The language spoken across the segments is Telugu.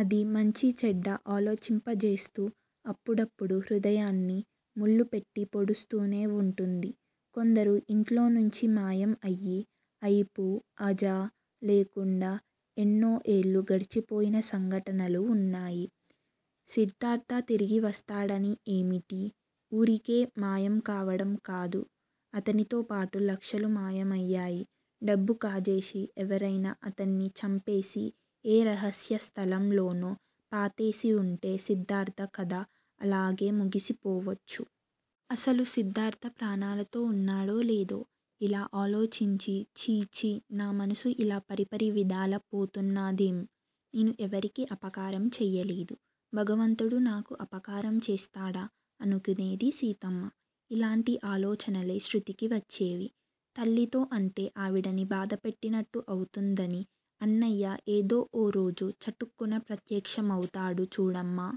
అది మంచీచెడ్డా ఆలోచింపజేస్తూ, అప్పుడప్పుడు హృదయాన్ని ముల్లుపెట్టి పొడుస్తూనే వుంటుంది. కొందరు ఇంట్లోంచి మాయం అయి అయిపూ అజా లేకుండా ఎన్నో ఏళ్ళు గడిచిపోయిన సంఘటనలు వున్నాయి. సిద్దార్థ తిరిగి వస్తాడని ఏమిటి? ఊరికే మాయంకావడం కాదు. అతనితో పాటు లక్షలు మాయమయ్యాయి. డబ్బు కాజేసి ఎవరైనా అతన్ని చంపేసి ఏ రహస్య స్థలంలోనో పాతేసి వుంటే సిద్దార్థ కథ అలాగే ముగిసిపోవచ్చు. అసలు సిద్దార్థ ప్రాణాలతో వున్నాడో లేదో! ఇలా ఆలోచించి ఛీ ఛీ నా మనసు ఇలా పరిపరివిధాల పోతున్నదేం? నేను ఎవరికీ అపకారంచెయ్యలేదు. భగవంతుడు నాకు అపకారం చేస్తాడా? ' అనుకునేది సీతమ్మ. ఇలాంటి ఆలోచనలే శృతికీ వచ్చేవి. తల్లితో అంటే ఆవిడని బాధ పెట్టినట్టు అవుతుందని అన్నయ్య ఏదో ఓ రోజు చటుక్కున ప్రత్యక్షమవుతాడు చూడమ్మా!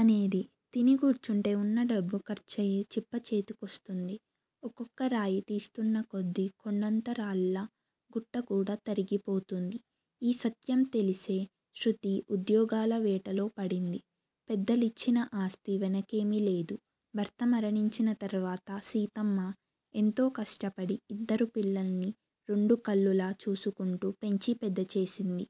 అనేది. తిని కూర్చుంటే వున్న డబ్బు ఖర్చయి చిప్ప చేతికొస్తుంది. ఒక్కొక్క రాయి తీస్తున్నకొద్దీ కొండంత రాళ్ళ గుట్టకూడా తరిగిపోతుంది. ఈ సత్యం తెలిసే శృతి ఉద్యోగాల వేటలో పడింది. పెద్దలిచ్చిన ఆస్తి వెనకేమీ లేదు. భర్త మరణించిన తర్వాత సీతమ్మ ఎంతో కష్టపడి ఇద్దరు పిల్లల్ని రెండు కళ్ళులా చూసుకుంటూ పెంచి పెద్ద చేసింది.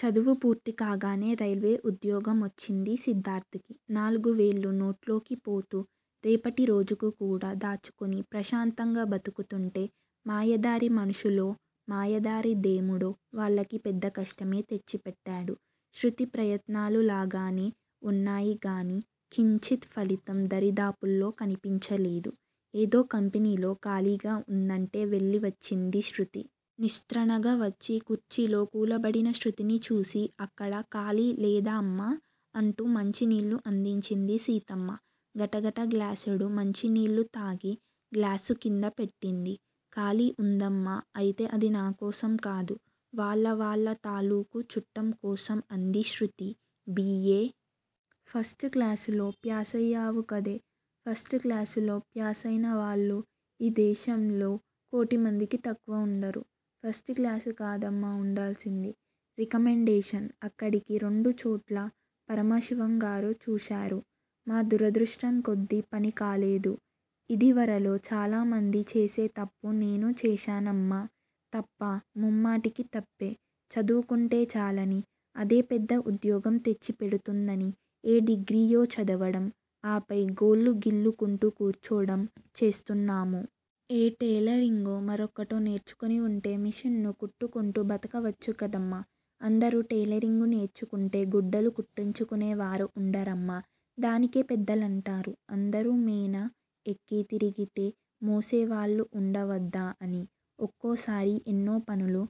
చదువు పూర్తి కాగానే రైల్వే ఉద్యోగమొచ్చింది సిద్దార్థకి. నాలుగు వేళ్ళూ నోట్లోకి పోతూ, రేపటి రోజుకికూడా దాచుకుని ప్రశాంతంగా బతుకుతుంటే మాయదారి మనుషులో, మాయదారి దేముడో వాళ్ళకి పెద్దకష్టమే తెచ్చిపెట్టాడు. శృతి ప్రయత్నాలు లాగానే వున్నాయిగాని, కించిత్ ఫలితం దరిదాపుల్లో కనిపించలేదు. ఏదో కంపెనీలో ఖాళీగా వుందంటే వెళ్ళివచ్చిందిశృతి. నిస్త్రాణగా వచ్చి కుర్చీలో కూలబడిన శృతిని చూసి అక్కడా ఖాళీ లేదామ్మా? అంటూ మంచినీళ్ళు అందించింది సీతమ్మ. గటగట గ్లాసెడు మంచినీళ్ళూతాగి గ్లాసు కింద పెట్టింది. ఖాళీ వుందమ్మా! అయితే, అది నాకోసం కాదు. వాళ్ళ వాళ్ళ తాలూకు చుట్టంకోసం అంది శృతి. బి. ఏ. ఫస్టు క్లాసులో ప్యాసయ్యావుకదే? ఫస్టుక్లాసులో ప్యాసయినవాళ్ళు ఈ దేశంలో కోటిమందికి తక్కువ ఉండరు. ఫస్టు క్లాసు కాదమ్మా వుండాల్సింది. రికమండేషన్, అక్కడికీ రెండుచోట్ల పరమశివంగారు చూశారు. మా దురదృష్టంకొద్దీ పనికాలేదు. ఇదివరలో చాలామంది చేసే తప్పు నేనూ చేశానమ్మా! తప్పా? ముమ్మాటికీ తప్పే. చదువుకుంటే చాలని, అదే పెద్ద ఉద్యోగం తెచ్చిపెడుతుందని ఏ డిగ్రీయో చదవడం, ఆ పై గోళ్ళు గిల్లుకుంటూ కూర్చోడం చేస్తున్నాము. ఏ టెయిలరింగో, మరొకటో నేర్చుకుని వుంటే మిషను కుట్టుకుంటూ బతకవచ్చుకదమ్మా! అందరూ టెయిలరింగు నేర్చుకుంటే గుడ్డలు కుట్టించుకునేవారు ఉండరమ్మా! దానికే పెద్దలంటారు! అందరూమేనా ఎక్కి తిరిగితే మోసేవాళ్ళు వుండవద్దా అని. ఒక్కో సారి ఎన్నో పనులు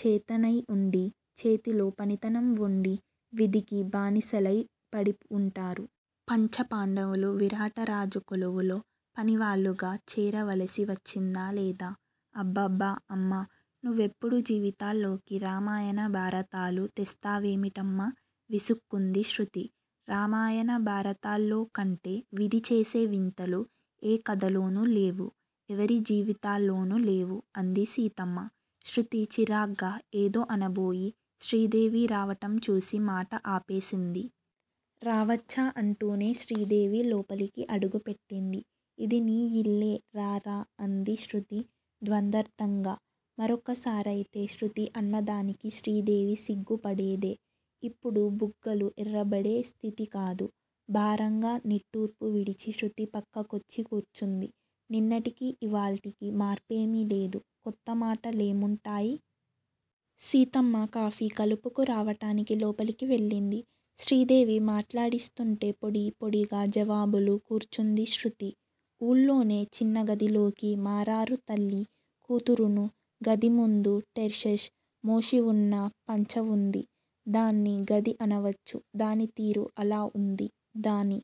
చేతనై వుండి, చేతిలో పనితనం వుండి విధికి బానిసలయి పడివుంటారు. పంచపాండవులు విరాటరాజు కొలువులో పనివాళ్ళుగా చేరవలసి వచ్చిందా లేదా? అబ్బబ్బ-అమ్మా! నువ్వెప్పుడూ జీవితాల్లోకి రామాయన భారతాలు తెస్తావేమిటమ్మా! విసుక్కుంది శృతి. రామాయణ భారతాల్లోకంటే విధిచేసే వింతలు ఏ కథలోనూ లేవు, ఎవరి జీవితాల్లోనూ లేవు అంది సీతమ్మ. శృతి చిరాగ్గా ఏదో అనబోయి శ్రీదేవి రావటం చూసి మాట ఆపేసింది. రావచ్చా? అంటూనే శ్రీదేవి లోపలికి అడుగు పెట్టింది. ఇది నీ యిల్లే రారా. అంది శృతి ద్వంద్వార్థంగా. మరొకసారయితే శృతి అన్నదానికి శ్రీదేవి సిగ్గుపడేదే. ఇప్పుడు బుగ్గలు ఎర్రబడే స్థితికాదు, భారంగా నిట్టూర్పు విడిచి శృతి పక్కకొచ్చి కూర్చుంది. నిన్నటికి ఇవాల్టికి మార్పేమీ లేదు, కొత్తమాట లేముంటాయ్? సీతమ్మ కాఫీ కలుపుకు రావటానికి లోపలికి వెళ్ళింది. శ్రీదేవి మాట్లాడిస్తుంటే పొడి పొడిగా జవాబులు కూర్చుంది శృతి. ఊళ్ళోనే చిన్న గదిలోకి మారారు తల్లీ కూతురూను, గదిముందు టెర్రేష్, మెష్షూవున్న పంచవుంది. దాన్ని గది అనవచ్చు. దాని తీరు అలా వుంది. దాని